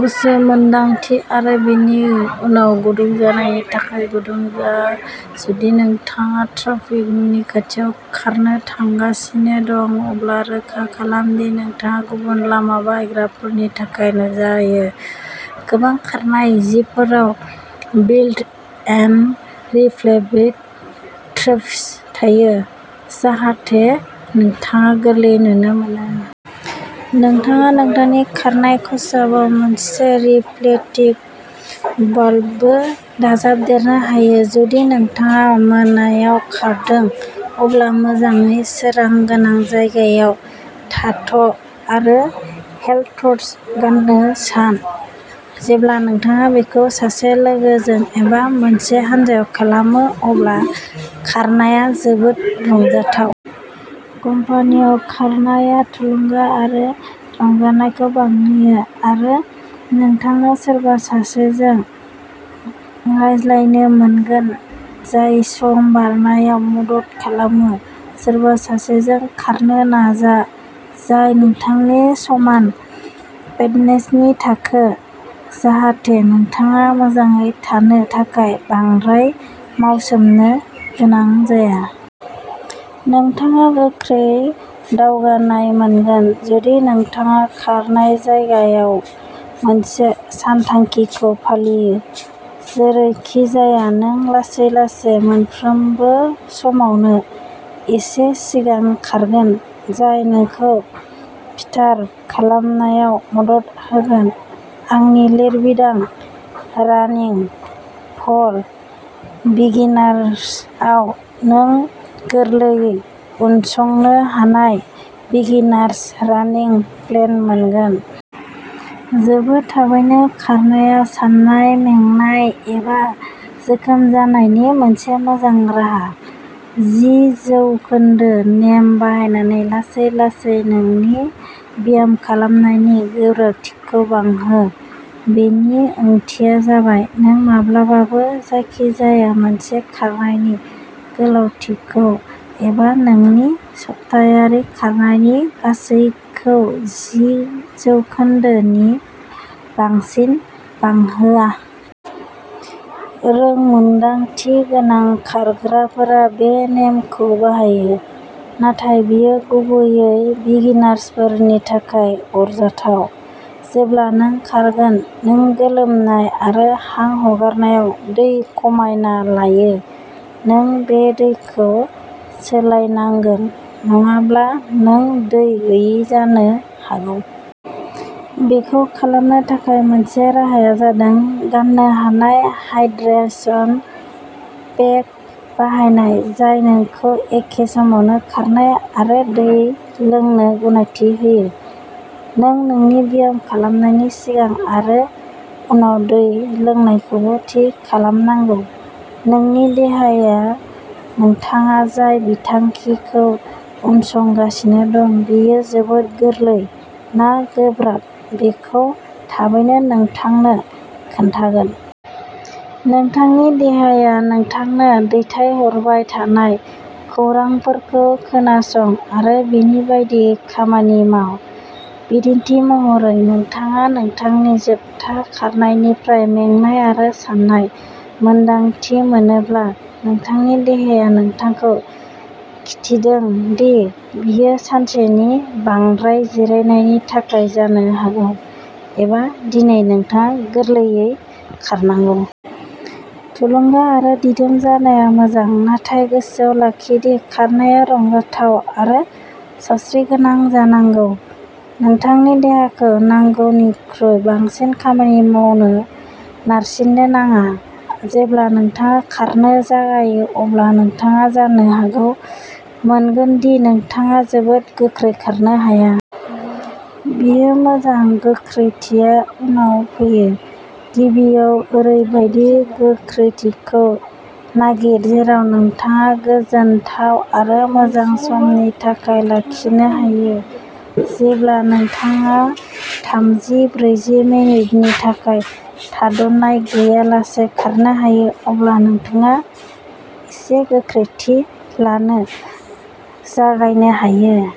गुसु मोन्दांथि आरो बेनि उनाव गुदुं जानायनि थाखाय गुदुं जा जुदि नोंथाङा ट्राफिकनि खाथियाव खारनो थांगासिनो दं। अब्ला रोखा खालाम दि नोंथाङा गुबुन लामा बाहायग्राफोरनि थाखाय नुजायो। गोबां खारनाय जिफोराव बिल्ट इन रिफ्लेबिभ ट्रेप्स थायो, जाहाथे नोंथाङा गोरलैयै नुनो मोनो। नोंथाङा नोंथांनि खारनाय खसाबाव मोनसे रिफ्लेक्टिभ बेल्टबो दाजाबदेरनो हायो। जुदि नोंथाङा मोनायाव खारदों, अब्ला मोजाङै सोरां गोनां जायगायाव थाथ'आरो हेलडटर्च गान्नो सान। जेब्ला नोंथाङा बेखौ सासे लोगोजों एबा मोनसे हानजायाव खालामो अब्ला खारनाया जोबोद रंजाथाव। कम्पानीआव खारनाया थुलुंगा आरो रंजानायखौ बांहोयो, आरो नोंथांनाव सोरबा सासेजों रायज्लायनो मोनगोन जाय सम बारनायाव मदद खालामो। सोरबा सासेजों खारनो नाजा जाय नोंथांनि समान फिटनेसनि थाखो, जाहाथे नोंथाङा मोजाङै थानो थाखाय बांद्राय मावसोमनो गोनां जाया। नोंथाङा गोख्रै दावगानाय मोनगोन जुदि नोंथाङा खारनाय जागायनायाव मोनसे सानथांखिखौ फालियो। जेरैखिजाया, नों लासै लासै मोनफ्रोमबो समावनो एसे सिगां खारगोन जाय नोंखौ फिटार खालामनायाव मदद होगोन। आंनि लिरबिदां रानिं फर बिगिनार्सआव नों गोरलै उनसंनो हानाय बिगिनार्स रानिं प्लेन मोनगोन। जोबोद थाबैनो खारनाया साननाय, मेंनाय एबा जोखोम जानायनि मोनसे मोजां राहा। जि जौखोन्दो नेम बाहायनानै लासै लासै नोंनि ब्यामखालामनायनि गोब्राबथिखौ बांहो। बेनि ओंथिया जाबाय नों माब्लाबाबो जायखिजाया मोनसे खारनायनि गोलावथिखौ एबा नोंनि सप्तायारि खारनायनि गासैखौ जि जौखोन्दो नि बांसिन बांहोआ। रोंमोन्दांथि गोनां खारग्राफोरा बे नेमखौ बाहायो, नाथाय बेयो गुबैयै बिगिनार्सफोरनि थाखाय अरजाथाव। जेब्ला नों खारगोन, नों गोलोमनाय आरो हां हगारनायाव दै खमायना लायो। नों बे दैखौ सोलायनांगोन, नङाब्ला नों दै गैयै जानो हागौ। बेखौ खालामनो थाखाय मोनसे राहाया जादों गान्नो हानाय हाइड्रेशन पेक बाहायनाय जाय नोंखौ एखे समावनो खारनो आरो दै लोंनो गनायथि होयो। नों नोंनि ब्यामखालामनायनि सिगां आरो उनाव दै लोंनायखौबो थि खालामनांगौ। नोंनि देहाया नोंथाङा जाय बिथांखिखौ उनसंगासिनो दं बेयो जोबोद गोरलै ना गोब्राब बेखौ थाबैनो नोंथांनो खोन्थागोन। नोंथांनि देहाया नोंथांनो दैथायहरबाय थानाय खौरांफोरखौ खोनासं आरो बेनि बायदियै खामानि माव। बिदिन्थि महरै, नोंथाङा नोंथांनि जोबथा खारनायनिफ्राय मेंनाय आरो सानाय मोन्दांथि मोनोब्ला, नोंथांनि देहाया नोंथांखौ खिथिदों दि बेयो सानसेनि बांद्राय जिरायनायनि थाखाय जानो हागौ, एबा दिनै नोंथाङा गोरलैयै खारनांगौ। थुलुंगा आरो दिदोम जानाया मोजां, नाथाय गोसोआव लाखि दि खारनाया रंजाथाव आरो सावस्रिगोनां जानांगौ। नोंथांनि देहाखौ नांगौनिख्रुइ बांसिन खामानि मावनो नारसिननो नाङा। जेब्ला नोंथाङा खारनो जागायो, अब्ला नोंथाङा जानो हागौ मोनगोन दि नोंथाङा जोबोद गोख्रै खारनो हाया। बेयो मोजां गोख्रैथिया उनाव फैयो। गिबियाव, ओरैबायदि गोख्रैथिखौ नागिर जेराव नोंथाङा गोजोनथाव आरो मोजां समनि थाखाय लाखिनो हायो। जेब्ला नोंथाङा थामजि, ब्रैजि मिनिटनि थाखाय थाद'नाय गैयालासे खारनो हायो, अब्ला नोंथाङा एसे गोख्रैथि लानो जागायनो हायो।